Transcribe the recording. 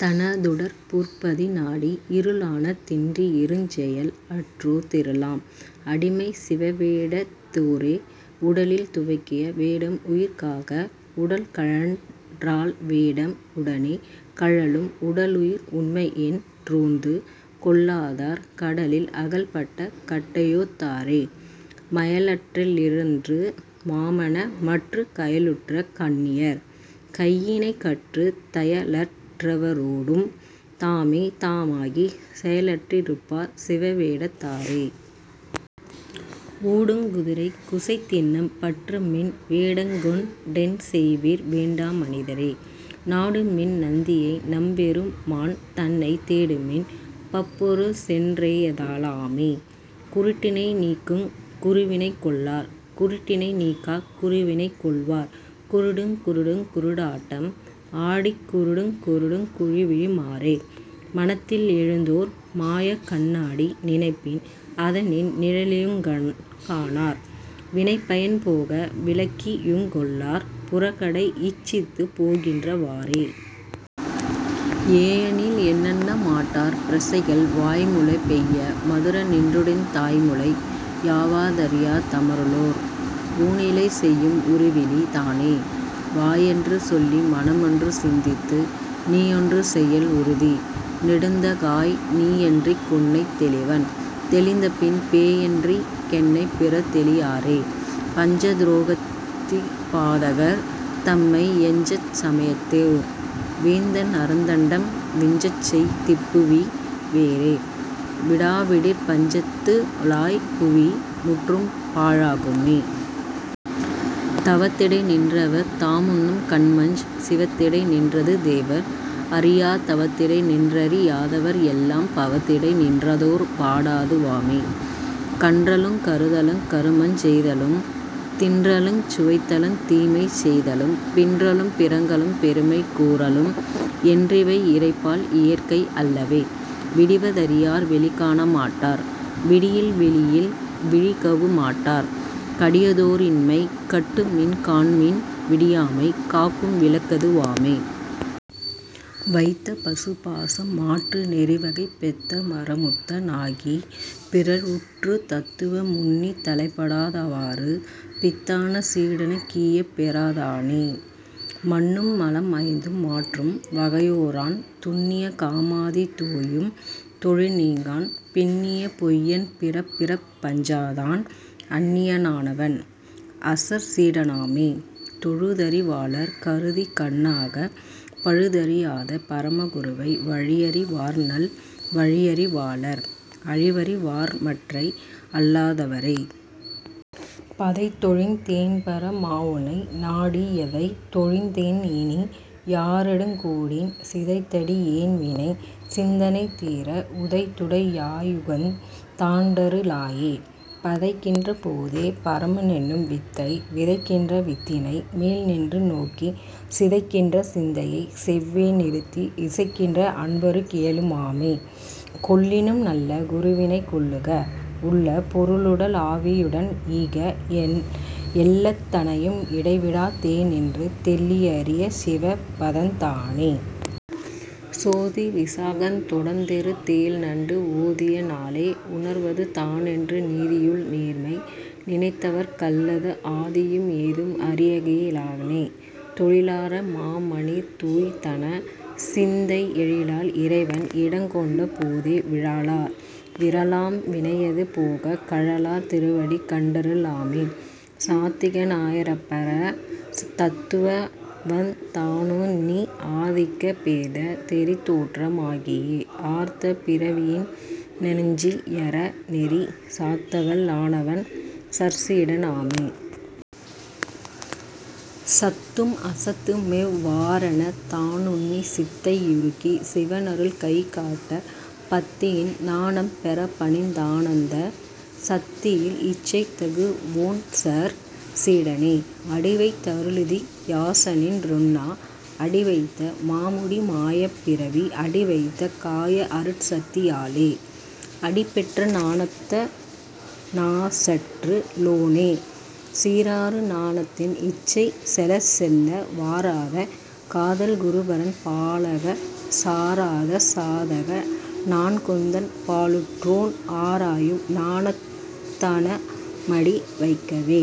தனதுடற் பொற்பதி நாடி இருளான தின்றி யிருஞ்செயல் அற்றோர் தெருளாம் அடிமைச் சிவவேடத் தோரே. உடலில் துவக்கிய வேடம் உயிர்க்காகா உடல்கழன் றால்வேடம் உடனே கழலும் உடலுயிர் உண்மையென் றோர்ந்துகொள்ளாதார் கடலில் அகல்பட்ட கட்டையொத் தாரே. மயலற் றிருளற்று மாமன மற்றுக் கயலுற்ற கண்ணியர் கையிணைக் கற்றுத் தயலற் றவரோடும் தாமே தாமாகிச் செயலற் றிருப்பார் சிவவேடத் தாரே. ஒடுங் குதிரைக் குசைதிண்ணம் பற்றுமின் வேடங்கொண் டென்செய்வீர் வேண்டாமனிதரே நாடுமின் நந்தியை நம்பெரு மான்தன்னைத் தேடுமின் பப்பொருள் சென்றெய்த லாமே. குருட்டினை நீக்குங் குருவினைக் கொள்ளார் குருட்டினை நீக்காக் குருவினைக் கொள்வார் குருடுங் குருடுங் குருட்டாட்டம் ஆடிக் குருடுங் குருடுங் குழிவிழு மாறே. மனத்தில் எழுந்ததோர் மாயக்கண் ணாடி நினைப்பின் அதனின் நிழலையுங் காணார் வினைப்பயன் போக விளக்கியுங் கொள்ளார் புறக்கடை இச்சித்துப் போகின்ற வாறே. ஏயெனில் என்னென மாட்டார் பிரசைகள் வாய்முலை பெய்ய மதுரநின் றூறிடுந் தாய்முலை யாவ தறியார் தமருளோர் ஊனிலை செய்யும் உருவிலி தானே. வாயென்று சொல்லி மனமொன்று சிந்தித்து நீயொன்று செய்யல் உறுதி நெடுந்தகாய் நீயென்றிங் குன்னைத் தெளிவன் தெளிந்தபின் பேயென்றிங் கென்னைப் பிறர்தெளி யாரே. பஞ்சத் துரோகத்திப் பாதகர் தம்மை யஞ்சச் சமயத்தோர் வேந்தன் அருந்தண்டம் விஞ்சச்செய் திப்புவி வேறே விடாவிடிற் பஞ்சத்து ளாய்புவி முற்றும்பா ழாகுமே. தவத்திடை நின்றவர் தாமுண்ணும் கன்மஞ் சிவத்திடை நின்றது தேவர் அறியார் தவத்திடை நின்றறி யாதவர் எல்லாம் பவத்திடை நின்றதோர் பாடது வாமே. கன்றலுங் கருதலுங் கருமஞ் செய்தலும் தின்றலுஞ் சுவைத்தலுந் தீமைசெய்தலும் பின்றலும் பிறங்கலும் பெருமை கூறலும் என்றிவை இறைபால் இயற்கை அல்லவே. விடிவ தறியார் வெளிகாண மாட்டார் விடியில் வெளியில் விழிக்கவு மாட்டார் கடியதோ ருண்ணிமை கட்டுமின் காண்மின் விடியாமை காக்கும் விளக்கது வாமே. வைத்த பசுபாசம் மாற்று நெறிவைகிப் பெத்த மறமுத்த னாகிப் பிறழ்வுற்றுத் தத்துவ முன்னித் தலைப்படா தவ்வாறு பித்தான சீடனுக் கீயப் பெறாதானே. மன்னும் மலம்ஐந்தும் மாற்றும் வகையோரான் துன்னிய காமாதி தோயும் தொழில்நீங்கான் பின்னிய பொய்யன் பிறப்பிறப் பஞ்சாதான் அன்னிய னாவன் அசற்சீட னாமே. தொழுதறி வாளர் கருதிகண் ணாகப் பழுதறியாத பரம குருவை வழியறி வார்நல் வழியறி வாளர் அழிவறி வார்மற்றை யல்லா தவரே. பதைதொழிந் தேன்பர மாவுனை நாடி யதைத்தொழிந் தேன்இனி யாரொடுங் கூடேன் சிதைத்தடி யேன்வினை சிந்தனை தீர உதைத்துடை யாயுகந் தாண்டரு ளாயே. பதைக்கின்ற போதே பரமென்னும் வித்தை விதைக்கின்ற வித்தினை மேல்நின்று நோக்கிச் சிதைக்கின்ற சிந்தையைச் செவ்வே நிறுத்தி இசைக்கின்ற அன்பருக் கீயலு மாமே. கொள்ளினும் நல்ல குருவினைக் கொள்ளுக உள்ள பொருளுடல் ஆவி யுடன்ஈக எள்ளத் தனையும் இடைவிடா தேநின்று தெள்ளி யறியச் சிவபதந் தானே. சோதி விசாகந் தொடர்ந்திரு தேள்நண்டு ஓதிய நாளே உணர்வது தானென்று நீதியுள் நேர்மை நினைந்தவர்க் கல்லது ஆதியும் ஏதும் அறியகி லானே. தொழிலார மாமணித் தூய்தான சிந்தை எழிலால் இறைவன் இடங்கொண்ட போதே விழலார் விறலாம் வினையது போகக் கழலார் திருவடி கண்டரு ளாமே. சாத்திக னாய்ப்பர தத்துவவந் தானுன்னி ஆத்திக பேத நெறிதோற்ற மாகியே ஆர்த்த பிறவியி னஞ்சி யறநெறி சாத்தவல் லானவன் சற்சீட னாமே. சத்தும் அசத்துமெவ் வாறெனத் தானுன்னிச் சித்தை யுருக்கிக் சிவனருள் கைகாட்டப் பத்தியின் ஞானம் பெறப்பணிந் தானந்தச் சத்தியில் இச்சை தகுவோன்சற் சீடனே. அடிவைத் தருளுதி யாசானின் றுன்னா அடிவைத்த மாமுடி மாயப் பிறவி அடிவைத்த காய அருட்சத்தி யாலே அடிபெற்ற ஞானத்த னாசற்று ளோனே. சீராரு ஞானத்தின் இச்சை செலச்செல்ல வாராத காதல் குருபரன் பாலாகச் சாராத சாதக நான்குந்தன் பாலுற்றோன் ஆராயும் ஞானத்த னாமடி வைக்கவே.